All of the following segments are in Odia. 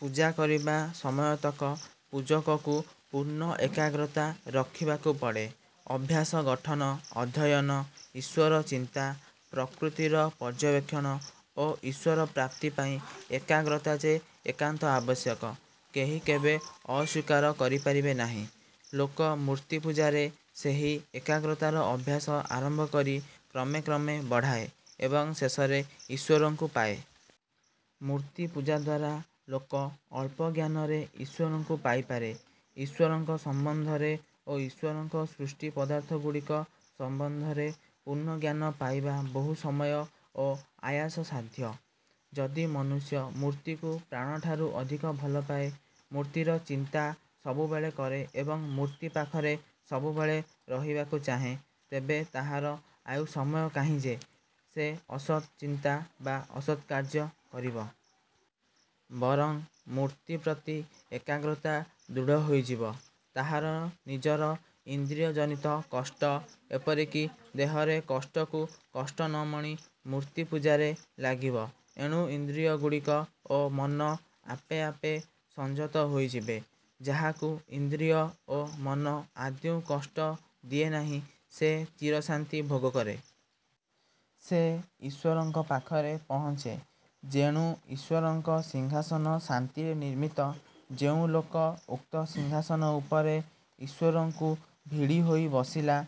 ପୂଜା କରିବା ସମୟତକ ପୂଜକକୁ ପୂର୍ଣ୍ଣ ଏକାଗ୍ରତା ରଖିବାକୁ ପଡ଼େ। ଅଭ୍ୟାସ ଗଠନ, ଅଧ୍ୟୟନ, ଈଶ୍ଵର ଚିନ୍ତା, ପ୍ରକୃତିର ପର୍ଯ୍ୟବେକ୍ଷଣ ଓ ଈଶ୍ଵର ପ୍ରାପ୍ତି ପାଇଁ ଏକାଗ୍ରତା ଯେ ଏକାନ୍ତ ଆବଶ୍ୟକ; କେହି କେବେ ଅସ୍ଵୀକାର କରିପାରିବେ ନାହିଁ। ଲୋକ ମୂର୍ତ୍ତି ପୂଜାରେ ସେହି ଏକାଗ୍ରତାର ଅଭ୍ୟାସ ଆରମ୍ଭ କରି କ୍ରମେ କ୍ରମେ ବଢ଼ାଏ ଏବଂ ଶେଷରେ ଈଶ୍ଵରଙ୍କୁ ପାଏ। ମୂର୍ତ୍ତି ପୂଜାଦ୍ୱାରା ଲୋକ ଅଳ୍ପ ଜ୍ଞାନରେ ଈଶ୍ଵରଙ୍କୁ ପାଇ ପାରେ। ଈଶ୍ଵରଙ୍କ ସମ୍ବନ୍ଧରେ ଓ ଈଶ୍ଵରଙ୍କ ସୃଷ୍ଟି ପଦାର୍ଥଗୁଡ଼ିକ ସମ୍ବନ୍ଧରେ ପୂର୍ଣ୍ଣ ଜ୍ଞାନ ପାଇବା ବହୁ ସମୟ ଓ ଆୟାସସାଧ୍ୟ। ଯଦି ମନୁଷ୍ୟ ମୂର୍ତ୍ତିକୁ ପ୍ରାଣଠାରୁ ଅଧିକ ଭଲ ପାଏ, ମୂର୍ତ୍ତିର ଚିନ୍ତା ସବୁବେଳେ କରେ ଏବଂ ମୂର୍ତ୍ତି ପାଖରେ ସବୁବେଳେ ରହିବାକୁ ଚାହେଁ, ତେବେ ତାହାର ଆଉ ସମୟ କାହିଁ ଯେ, ସେ ଅସତ୍ ଚିନ୍ତା ବା ଅସତ୍ କାର୍ଯ୍ୟ କରିବ? ବରଂ ମୂର୍ତ୍ତି ପ୍ରତି ଏକାଗ୍ରତା ଦୃଢ଼ ହୋଇଯିବ। ତାହାର ନିଜର ଇନ୍ଦ୍ରିୟ ଜନିତ କଷ୍ଟ ଏପରିକି ଦେହର କଷ୍ଟକୁ କଷ୍ଟ ନ ମଣି ମୂର୍ତ୍ତି ପୂଜାରେ ଲାଗିବ। ଏଣୁ ଇନ୍ଦ୍ରିୟଗୁଡ଼ିକ ଓ ମନ ଆପେ ଆପେ ସଂଯତ ହୋଇଯିବେ। ଯାହାକୁ ଇନ୍ଦ୍ରିୟ ଓ ମନ ଆଦୌ କଷ୍ଟ ନ ଦିଏ ସେ ଚିରଶାନ୍ତି ଭୋଗ କରେ। ସେ ଈଶ୍ଵରଙ୍କ ପାଖରେ ପହଞ୍ଚେ ଯେଣୁ ଈଶ୍ଵରଙ୍କ ସିଂହାସନ ଶାନ୍ତିରେ ନିର୍ମିତ। ଯେଉଁ ଲୋକ ଉକ୍ତ ସିଂହାସନ ଉପରେ ଈଶ୍ଵରଙ୍କୁ ଭିଡ଼ି ହୋଇ ବସିଲା,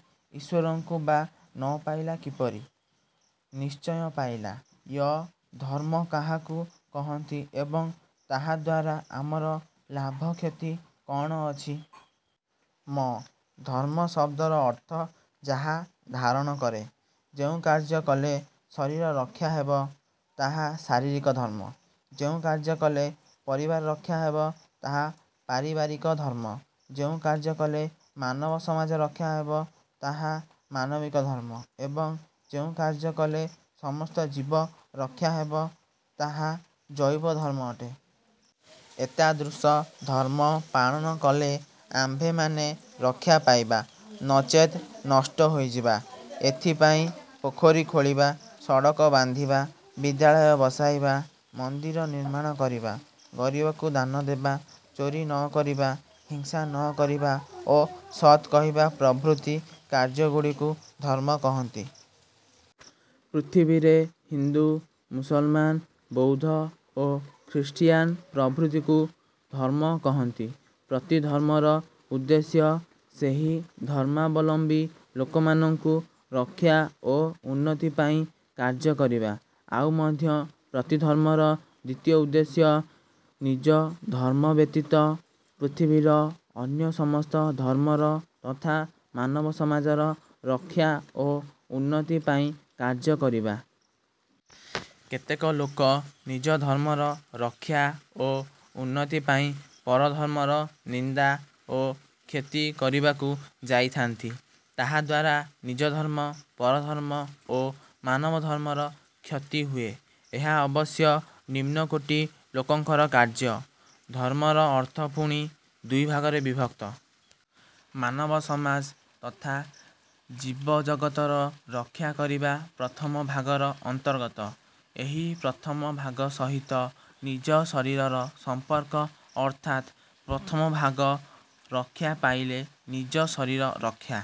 ଈଶ୍ଵରଙ୍କୁ ବା ନ ପାଇଲା କିପରି? ନିଶ୍ଚୟ ପାଇଲା। ୟ-ଧର୍ମ କାହାକୁ କହନ୍ତି ଏବଂ ତାହାଦ୍ୱାରା ଆମର। ଲାଭକ୍ଷତି କଅଣ ଅଛି। ମ-ଧର୍ମ ଶବ୍ଦର ଅର୍ଥ, ଯାହା ଧାରଣ କରେ। ଯେଉଁ କାର୍ଯ୍ୟ କଲେ ଶରୀର ରକ୍ଷା ହେବ, ତାହା ଶାରୀରିକ ଧର୍ମ; ଯେଉଁ କାର୍ଯ୍ୟ କଲେ ପରିବାର ରକ୍ଷା ହେବ, ତାହା ପାରିବାରିକ ଧର୍ମ; ଯେଉଁ କାର୍ଯ୍ୟ କଲେ ମାନବ ସମାଜ ରକ୍ଷା ହେବ, ତାହା ମାନବିକ ଧର୍ମ ଏବଂ ଯେଉଁ କାର୍ଯ୍ୟ କଲେ ସମସ୍ତ ଜୀବ ରକ୍ଷା ହେବ, ତାହା ଜୈବ ଧର୍ମ ଅଟେ। ଏତାଦୃଶ ଧର୍ମ ପାଳନ କଲେ ଆମ୍ଭେମାନେ ରକ୍ଷା ପାଇବା, ନଚେତ୍ ନଷ୍ଟ ହୋଇଯିବା। ଏଥିପାଇଁ ପୋଖରୀ ଖୋଳିବା, ସଡ଼କ ବାନ୍ଧିବା, ବିଦ୍ୟାଳୟ ବସାଇବା, ମନ୍ଦିର ନିର୍ମାଣ କରିବା, ଗରିବକୁ ଦାନ ଦେବା, ଚୋରି ନ କରିବା, ହିଂସା ନ କରିବା ଓ ସତ୍ କହିବା ପ୍ରଭୃତି କାର୍ଯ୍ୟଗୁଡ଼ିକୁ ଧର୍ମ କହନ୍ତି। ପୃଥିବୀରେ ହିନ୍ଦୁ, ମୁସଲମାନ, ବୌଦ୍ଧ ଓ ଖ୍ରୀଷ୍ଟିୟାନ ପ୍ରଭୃତିକୁ ଧର୍ମ କହନ୍ତି। ପ୍ରତି ଧର୍ମର ଉଦ୍ଦେଶ୍ୟ, ସେହି ଧର୍ମାବଲମ୍ବୀ ଲୋକମାନଙ୍କୁ ରକ୍ଷା ଓ ଉନ୍ନତି ପାଇଁ କାର୍ଯ୍ୟ କରିବା। ଆଉ ମଧ୍ୟ ପ୍ରତି ଧର୍ମର ଦ୍ଵିତୀୟ ଉଦ୍ଦେଶ୍ୟ, ନିଜ ଧର୍ମ ବ୍ୟତୀତ ପୃଥିବୀର ଅନ୍ୟ ସମସ୍ତ ଧର୍ମର ତଥା ମାନବ ସମାଜର ରକ୍ଷା ଓ ଉନ୍ନତି ପାଇଁ କାର୍ଯ୍ୟ କରିବା। କେତେକ ଲୋକ ନିଜ ଧର୍ମର ରକ୍ଷା ଓ ଉନ୍ନତି ପାଇଁ ପର ଧର୍ମର ନିନ୍ଦା ଓ କ୍ଷତି କରିବାକୁ ଯାଇଥାନ୍ତି। ତାହାଦ୍ୱାରା ନିଜ-ଧର୍ମ, ପରଧର୍ମ ଓ ମାନବ-ଧର୍ମର କ୍ଷତି ହୁଏ। ଏହା ଅବଶ୍ୟ ନିମ୍ନକୋଟୀ ଲୋକଙ୍କର କାର୍ଯ୍ୟ। ଧର୍ମର ଅର୍ଥ ପୁଣି ଦୁଇ ଭାଗରେ ବିଭକ୍ତ। ମାନବ-ସମାଜ ତଥା ଜୀବ ଜଗତର ରକ୍ଷାକରିବା ପ୍ରଥମ ଭାଗର ଅନ୍ତର୍ଗତ। ଏହି ପ୍ରଥମ ଭାଗ ସହିତ ନିଜ ଶରୀରର ସମ୍ପର୍କ, ଅର୍ଥାତ୍ ପ୍ରଥମ ଭାଗ ରକ୍ଷା ପାଇଲେ ନିଜ ଶରୀର ରକ୍ଷା